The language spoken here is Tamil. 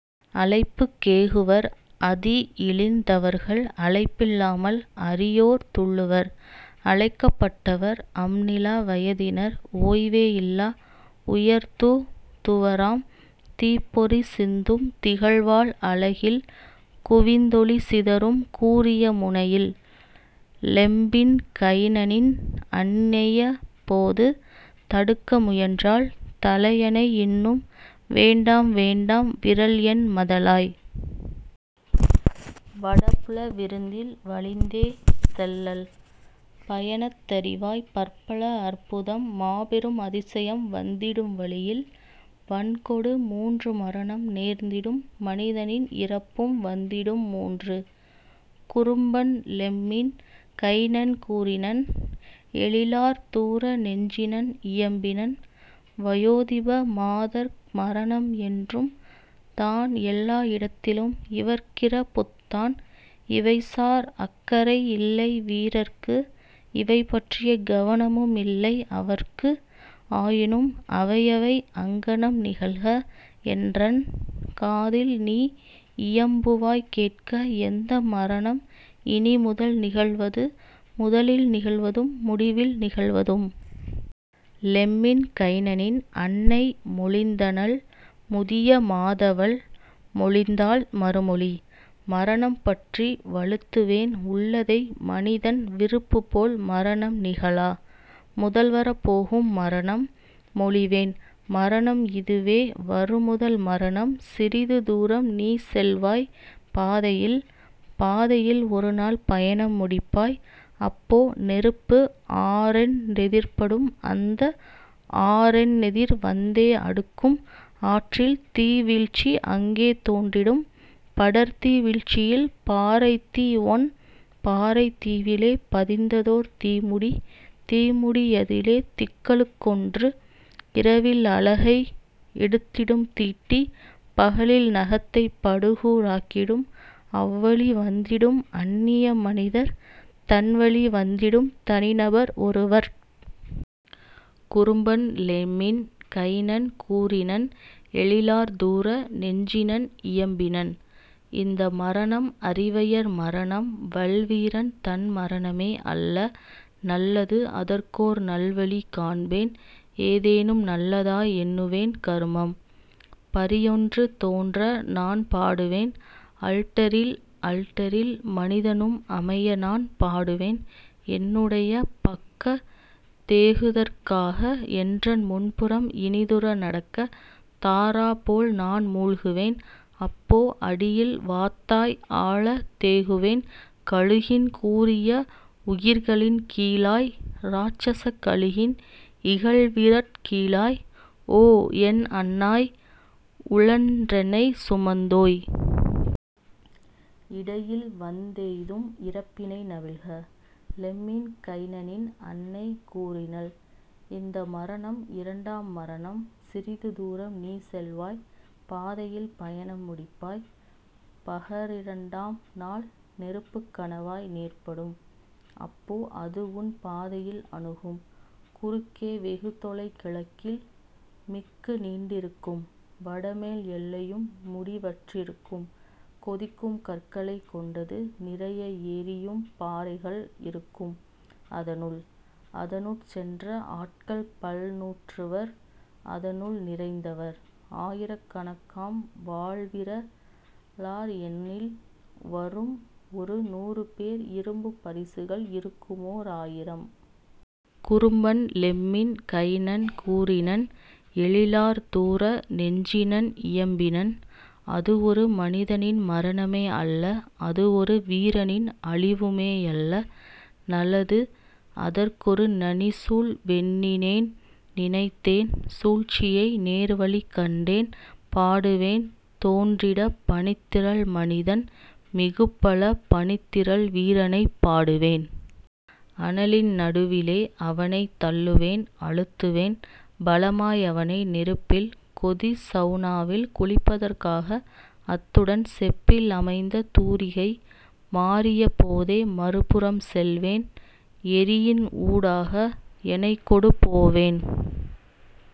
"அழைப்புக் கேகுவர் அதிஇழிந் தவர்கள் அழைப் பில்லாமல் அரியோர் துள்ளுவர்; அழைக்கப் பட்டவர் அம்நிலா வயதினர் ஓய்வே இல்லா உயர்தூ துவராம் தீப்பொறி சிந்தும் திகழ்வாள் அலகில் குவிந்தொளி சிதறும் கூரிய முனையில். " லெம்மின் கைனனின் அன்னையப் போது தடுக்க முயன்றாள் தலையனை இன்னும்: "வேண்டாம் வேண்டாம் விறல்என் மதலாய்! வடபுல விருந்தில் வலிந்தே செல்லல்! பயணத் தறிவாய் பற்பல அற்புதம் மாபெரும் அதிசயம் வந்திடும் வழியில் வன்கொடு மூன்று மரணம் நேர்ந்திடும் மனிதனின் இறப்பும் வந்திடும் மூன்று. " குறும்பன் லெம்மின் கைனன் கூறினன் எழிலார் தூர நெஞ்சினன் இயம்பினன்: "வயோதிப மாதர்க் மரணம்என் றும்தான் எல்லா இடத்திலும் இவர்க்கிறப் புத்தான் இவைசார் அக்கறை இல்லைவீ ரர்க்கு இவைபற்றி கவனமும் இல்லைஅ வர்க்கு ஆயினும் அவைஅவை அங்ஙனம் நிகழ்க, என்றன் காதில்நீ இயம்புவாய் கேட்க எந்த மரணம் இனிமுதல் நிகழ்வது முதலில் நிகழ்வதும் முடிவில் நிகழ்வதும்? " லெம்மின் கைனனின் அன்னை மொழிந்தனள் முதிய மாதவள் மொழிந்தாள் மறுமொழி: "மரணம் பற்றி வழுத்துவேன் உள்ளதை மனிதன் விருப்புபோல் மரணம் நிகழா முதல்வரப் போகும் மரணம் மொழிவேன் மரணம் இதுவே வருமுதல் மரணம் சிறிதுதூ ரம்நீ செல்வாய் பாதையில் பாதையில் ஒருநாள் பயணம் முடிப்பாய் அப்போ நெருப்பு ஆறான் றெதிர்ப்படும் அந்தஆ றுன்னெதிர் வந்தே அடுக்கும் ஆற்றில்தீ வீழ்ச்சி அங்கே தோன்றிடும் படர்தீ வீழ்ச்சியில் பாறைத்தீ வொன் பாறைத் தீவிலே பதிந்ததோர் தீமுடி தீமுடி யதிலே தீக்கழு கொன்று இரவில் அலகை எடுத்திடும் தீட்டி பகலில் நகத்தைப் படுகூ ராக்கிடும் அவ்வழி வந்திடும் அந்நிய மனிதர்க் தன்வழி வந்திடும் தனிநபர் ஒருவர்க். " குறும்பன் லெம்மின் கைனன் கூறினன் எழிலார் தூர நெஞ்சினன் இயம்பினன்: "இந்த மரணம் அரிவையர் மரணம் வல்வீ ரன்தன் மரணமே அல்ல நல்லது அதற்கோர் நல்வழி காண்பேன் ஏதெனும் நல்லதாய் எண்ணுவேன் கருமம்: பரியொன்று தோன்றநான் பாடுவேன் 'அல்டரி'ல் 'அல்டரி'ல் மனிதனும் அமையநான் பாடுவேன் என்னுடைய பக்கத் தேகுதற் காக என்றன் முன்புறம் இனிதுற நடக்க; தாரா போல்நான் மூழ்குவேன் அப்போ அடியில் வாத்தாய் ஆழத் தேகுவேன் கழுகின் கூரிய உகிர்களின் கீழாய் இராட்சசக் கழுகின் இகல்விரற் கீழாய்; "ஓ, என் அன்னாய், உழன்றெனைச் சுமந்தோய்! இடையில்வந் தெய்தும் இறப்பினை நவில்க! " லெம்மின் கைனனின் அன்னை கூறினள்: "இந்த மரணம் இரண்டாம் மரணம் சிறிதுதூ ரம்நீ செல்வாய் பாதையில் பயணம் முடிப்பாய் பகரிரண் டாம்நாள் நெருப்புக் கணவாய் நேர்ப்படும் அப்போ அதுஉன் பாதையில் அணுகும் குறுக்கே வெகுதொலை கிழக்கில் மிக்குநீண் டிருக்கும் வடமேல் எல்லையும் முடிவற் றிருக்கும் கொதிக்கும் கற்களைக் கொண்டது நிறைய எரியும் பாறைகள் இருக்கும் அதனுள்; அதனுட் சென்ற ஆட்கள்பல் நூற்றுவர் அதனுள் நிறைந்தவர் ஆயிரக் கணக்காம் வாள்விற லார்எணில் வரும்ஒரு நூறுபேர் இரும்புப் பரிசுகள் இருக்குமோ ராயிரம். " குறும்பன் லெம்மின் கைனன் கூறினன் எழிலார் தூர நெஞ்சினன் இயம்பினன்: "அதுவொரு மனிதனின் மரணமே அல்ல அதுவொரு வீரனின் அழிவுமே யல்ல நலது அதற்கொரு நனிசூழ் வெண்ணினேன் நினைத்தேன் சூழ்ச்சியை நேர்வழி கண்டேன் பாடுவேன் தோன்றிடப் பனித்திரள் மனிதன் மிகுபலப் பனித்திரள் வீரனைப் பாடுவேன் அனலின் நடுவிலே அவனைத் தள்ளுவேன் அழுத்துவேன் பலமாய் அவனை நெருப்பில் கொதிசவு னாவில் குளிப்பதற் காக அத்துடன் செப்பில் அமைந்த தூரிகை; மாறியப் போதே மறுபுறம் செல்வேன் எரியின்ஊ டாக எனைக்கொடு போவேன்